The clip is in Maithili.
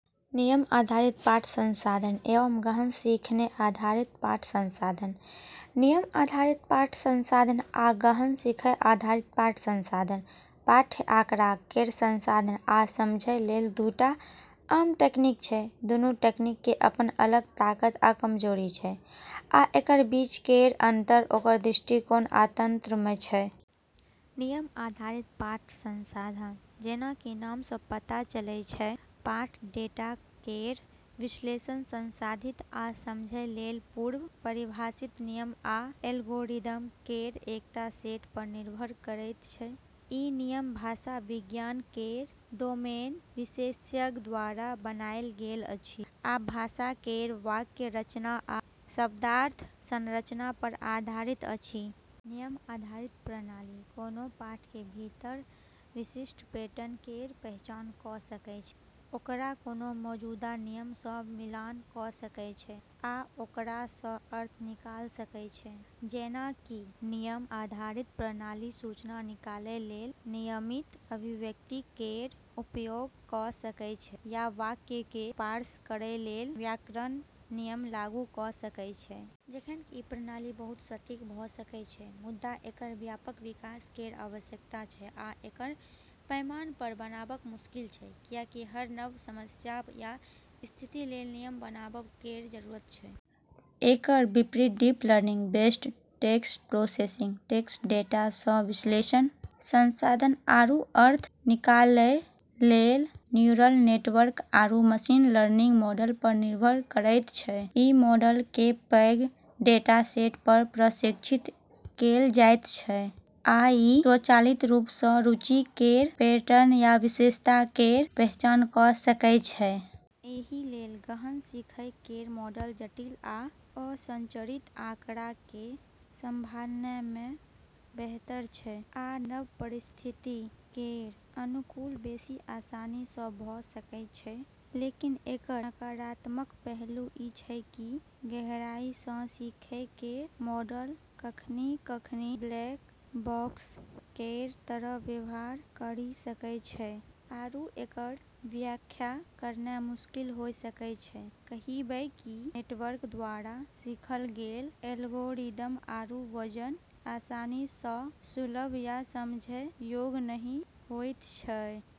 नियम आधारित पाठ संसाधन एवं गहन सीखने आधारित पाठ संसाधन। नियम आधारित पाठ संसाधन आ गहन सीखय आधारित पाठ संसाधन पाठ्य आँकड़ा केर संसाधन आ समझै लेल दूटा आम तकनीक छै। दुनू तकनीक के अपन अलग ताकत आ कमजोरी छै, आ एकर बीच केर अंतर ओकर दृष्टिकोण आ तंत्र मे छै। नियम आधारित पाठ संसाधन, जेना कि नाम सँ पता चलै छै, पाठ डेटा केर विश्लेषण, संसाधित आ समझै लेल पूर्व परिभाषित नियम आ एल्गोरिदम केर एकटा सेट पर निर्भर करैत छै। ई नियम भाषा विज्ञान केर डोमेन विशेषज्ञ द्वारा बनाएल गेल अछि, आ भाषा केर वाक्य रचना आ शब्दार्थ संरचना पर आधारित अछि। नियम आधारित प्रणाली कोनो पाठ के भीतर विशिष्ट पैटर्न केर पहचान कऽ सकै छै, ओकरा कोनो मौजूदा नियम सँ मिलान कऽ सकै छै आ ओकरा सँ अर्थ निकाल सकै छै। जेना कि नियम आधारित प्रणाली सूचना निकालै लेल नियमित अभिव्यक्ति केर उपयोग कऽ सकै छै, या वाक्य केँ पार्स करै लेल व्याकरण नियम लागू कऽ सकै छै। जखन कि ई प्रणाली बहुत सटीक भऽ सकै छै, मुदा एकर व्यापक विकास केर आवश्यकता छै आ एकर पैमाना पर बनाबब मुश्किल छै, कियाकि हर नव समस्या या स्थिति लेल नियम बनाबब केर जरूरत छै। एकर विपरीत, deep learning based text processing text data सँ विश्लेषण, संसाधन आरू अर्थ निकालै लेल न्यूरल नेटवर्क आरू मशीन लर्निंग मॉडल पर निर्भर करैत छै। ई मॉडल केर पैघ डेटासेट पर प्रशिक्षित कएल जाइत छै आ ई स्वचालित रूप सँ रुचि केर पैटर्न या विशेषता केर पहचान कऽ सकै छै। एहि लेल गहन सीखय केर मॉडल जटिल आ असंरचित आँकड़ा केँ संभालनाय मे बेहतर छै, आ नव परिस्थिति केर अनुकूल बेसि आसानी सँ भऽ सकै छै। लेकिन एकर नकारात्मक पहलू ई छै कि गहराई सँ सीखै केर मॉडल कखनी-कखनी 'ब्लैक बॉक्स' केर तरह व्यवहार करी सकै छै आरू एकर व्याख्या करनाय मुश्किल होय सकै छै, कहिबे कि नेटवर्क द्वारा सीखल गेल एल्गोरिदम आरू वजन आसानी सँ सुलभ या समझै योग्य नहि होइत छै।